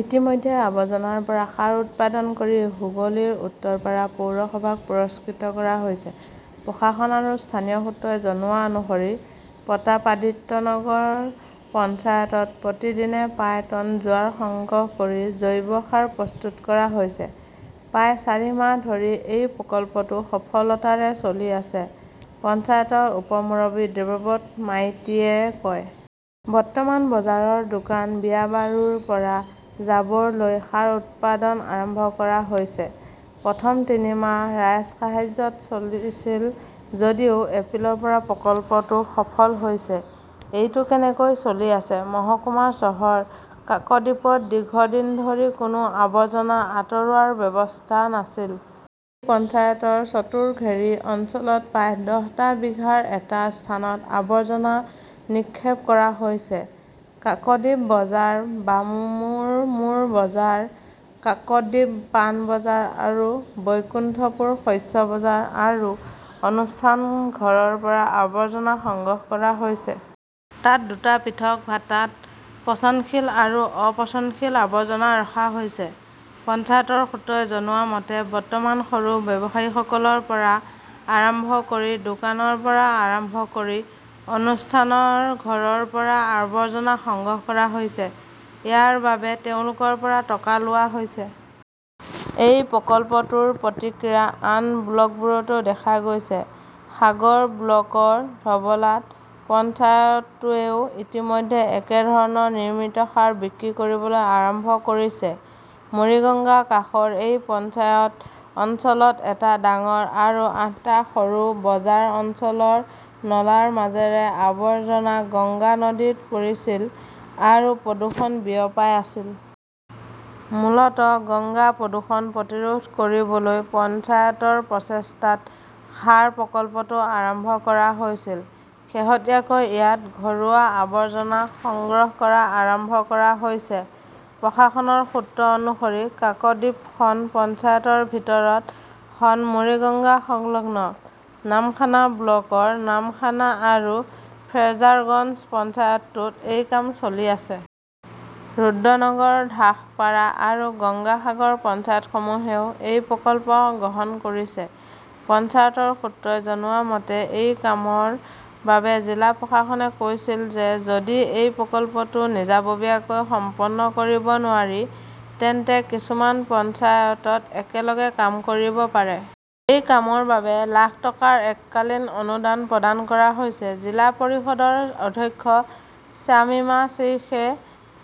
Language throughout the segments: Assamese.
ইতিমধ্যে আবৰ্জনাৰ পৰা সাৰ উৎপাদন কৰি হুগলীৰ উত্তৰপাৰা পৌৰসভাক পুৰস্কৃত কৰা হৈছে। প্ৰশাসন আৰু স্থানীয় সূত্ৰই জনোৱা অনুসৰি প্ৰতাপাদিত্যনগৰ পঞ্চায়তত প্ৰতিদিনে প্ৰায় টন জোৱাৰ সংগ্ৰহ কৰি জৈৱ সাৰ প্ৰস্তুত কৰা হৈছে। প্ৰায় চাৰি মাহ ধৰি এই প্ৰকল্পটো সফলতাৰে চলি আছে, পঞ্চায়তৰ উপ-মুৰব্বী দেবব্ৰত মাইতীয়ে কয়। বৰ্তমান বজাৰৰ দোকান, বিয়াবাৰুৰ পৰা জাবৰ লৈ সাৰ উৎপাদন আৰম্ভ কৰা হৈছে। প্ৰথম তিনি মাহ ৰাজসাহায্যত চলিছিল যদিও এপ্ৰিলৰ পৰা প্ৰকল্পটো সফল হৈছে। এইটো কেনেকৈ চলি আছে? মহকুমা চহৰ কাকদ্বীপত দীৰ্ঘদিন ধৰি কোনো আৱৰ্জনা আঁতৰোৱাৰ ব্যৱস্থা নাছিল। এই পঞ্চায়তৰ চতুৰ্থ ঘেৰি অঞ্চলত প্ৰায় দহ টা বিঘাৰ এটা স্থানত আৱৰ্জনা নিক্ষেপ কৰা হৈছে। কাক্দীপ বজাৰ, বামুৰ মোৰ বজাৰ, কাক্দীপ পান বজাৰ আৰু বৈকুণ্ঠপুৰ শস্য বজাৰ আৰু অনুষ্ঠান ঘৰৰ পৰা আৱৰ্জনা সংগ্ৰহ কৰা হৈছে। তাত দুটা পৃথক ভাটাত পচনশীল আৰু অপচনশীল আৱৰ্জনা ৰখা হৈছে। পঞ্চায়তৰ সূত্ৰই জনোৱা মতে, বৰ্তমান সৰু ব্যৱসায়ীসকলৰ পৰা আৰম্ভ কৰি দোকানৰ পৰা আৰম্ভ কৰি অনুষ্ঠানৰ ঘৰৰ পৰা আৱৰ্জনা সংগ্ৰহ কৰা হৈছে। ইয়াৰ বাবে তেওঁলোকৰ পৰা টকা লোৱা হৈছে। এই প্ৰকল্পটোৰ প্ৰতিক্ৰিয়া আন ব্লকবোৰতো দেখা গৈছে। সাগৰ ব্লকৰ ধবলাত পঞ্চায়তটোৱেও ইতিমধ্যে একে ধৰণে নিৰ্মিত সাৰ বিক্ৰী কৰিবলৈ আৰম্ভ কৰিছে। মুৰিগঙ্গাৰ কাষৰ এই পঞ্চায়ত অঞ্চলত এটা ডাঙৰ আৰু আঠটা সৰু বজাৰ অঞ্চলৰ নলাৰ মাজেৰে আৱৰ্জনা গংগা নদীত পৰিছিল আৰু প্ৰদূষণ বিয়পাই আছিল। মূলতঃ গংগা প্ৰদূষণ প্ৰতিৰোধ কৰিবলৈ পঞ্চায়তৰ প্ৰচেষ্টাত সাৰ প্ৰকল্পটো আৰম্ভ কৰা হৈছিল। শেহতীয়াকৈ ইয়াত ঘৰুৱা আৱৰ্জনা সংগ্ৰহ কৰা আৰম্ভ কৰা হৈছে। প্ৰশাসনৰ সূত্ৰ অনুসৰি কাকদ্বীপৰ খন পঞ্চায়তৰ ভিতৰত খন মুৰিগঙ্গা-সংলগ্ন। নামখানা ব্লকৰ নামখানা আৰু ফ্ৰেজাৰগঞ্জ পঞ্চায়ততো এই কাম চলি আছে। ৰুদ্ৰনগৰ, ধাসপাৰা আৰু গংগা সাগৰ পঞ্চায়তসমূহেও এই প্ৰকল্প গ্ৰহণ কৰিছে। পঞ্চায়তৰ সূত্ৰই জনোৱা মতে, এই কামৰ বাবে জিলা প্ৰশাসনে কৈছিল যে যদি এই প্ৰকল্পটো নিজাববীয়াকৈ সম্পন্ন কৰিব নোৱাৰি তেন্তে কিছুমান পঞ্চায়ত একেলগে কাম কৰিব পাৰে। এই কামৰ বাবে লাখ টকাৰ এককালীন অনুদান প্ৰদান কৰা হৈছে। জিলা পৰিষদৰ অধ্যক্ষ শ্বামিমা শ্বেইখে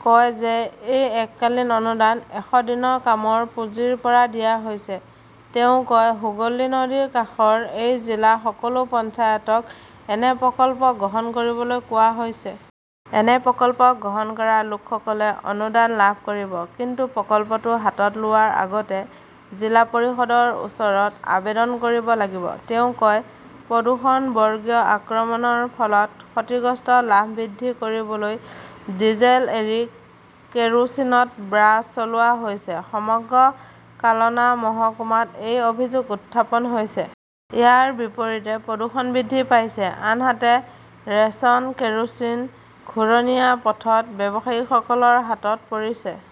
কয় যে এই এককালীন অনুদান এশ দিনৰ কামৰ পুঁজিৰ পৰা দিয়া হৈছে। তেওঁ কয়, হুগলী নদীৰ কাষৰ এই জিলাৰ সকলো পঞ্চায়তক এনে প্ৰকল্প গ্ৰহণ কৰিবলৈ কোৱা হৈছে। এনে প্ৰকল্প গ্ৰহণ কৰা লোকসকলে অনুদান লাভ কৰিব। কিন্তু প্ৰকল্পটো হাতত লোৱাৰ আগতে জিলা পৰিষদৰ ওচৰত আবেদন কৰিব লাগিব, তেওঁ কয়। প্ৰদূষণ-বৰ্গীৰ আক্ৰমণৰ ফলত ক্ষতিগ্ৰস্ত লাভ বৃদ্ধি কৰিবলৈ ডিজেল এৰি কেৰোচিনত বাছ চলোৱা হৈছে-সমগ্ৰ কালনা মহকুমাত এই অভিযোগ উত্থাপন হৈছে। ইয়াৰ বিপৰীতে প্ৰদূষণ বৃদ্ধি পাইছে, আনহাতে ৰেচন কেৰোচিন ঘূৰণীয়া পথত ব্যৱসায়ীসকলৰ হাতত পৰিছে।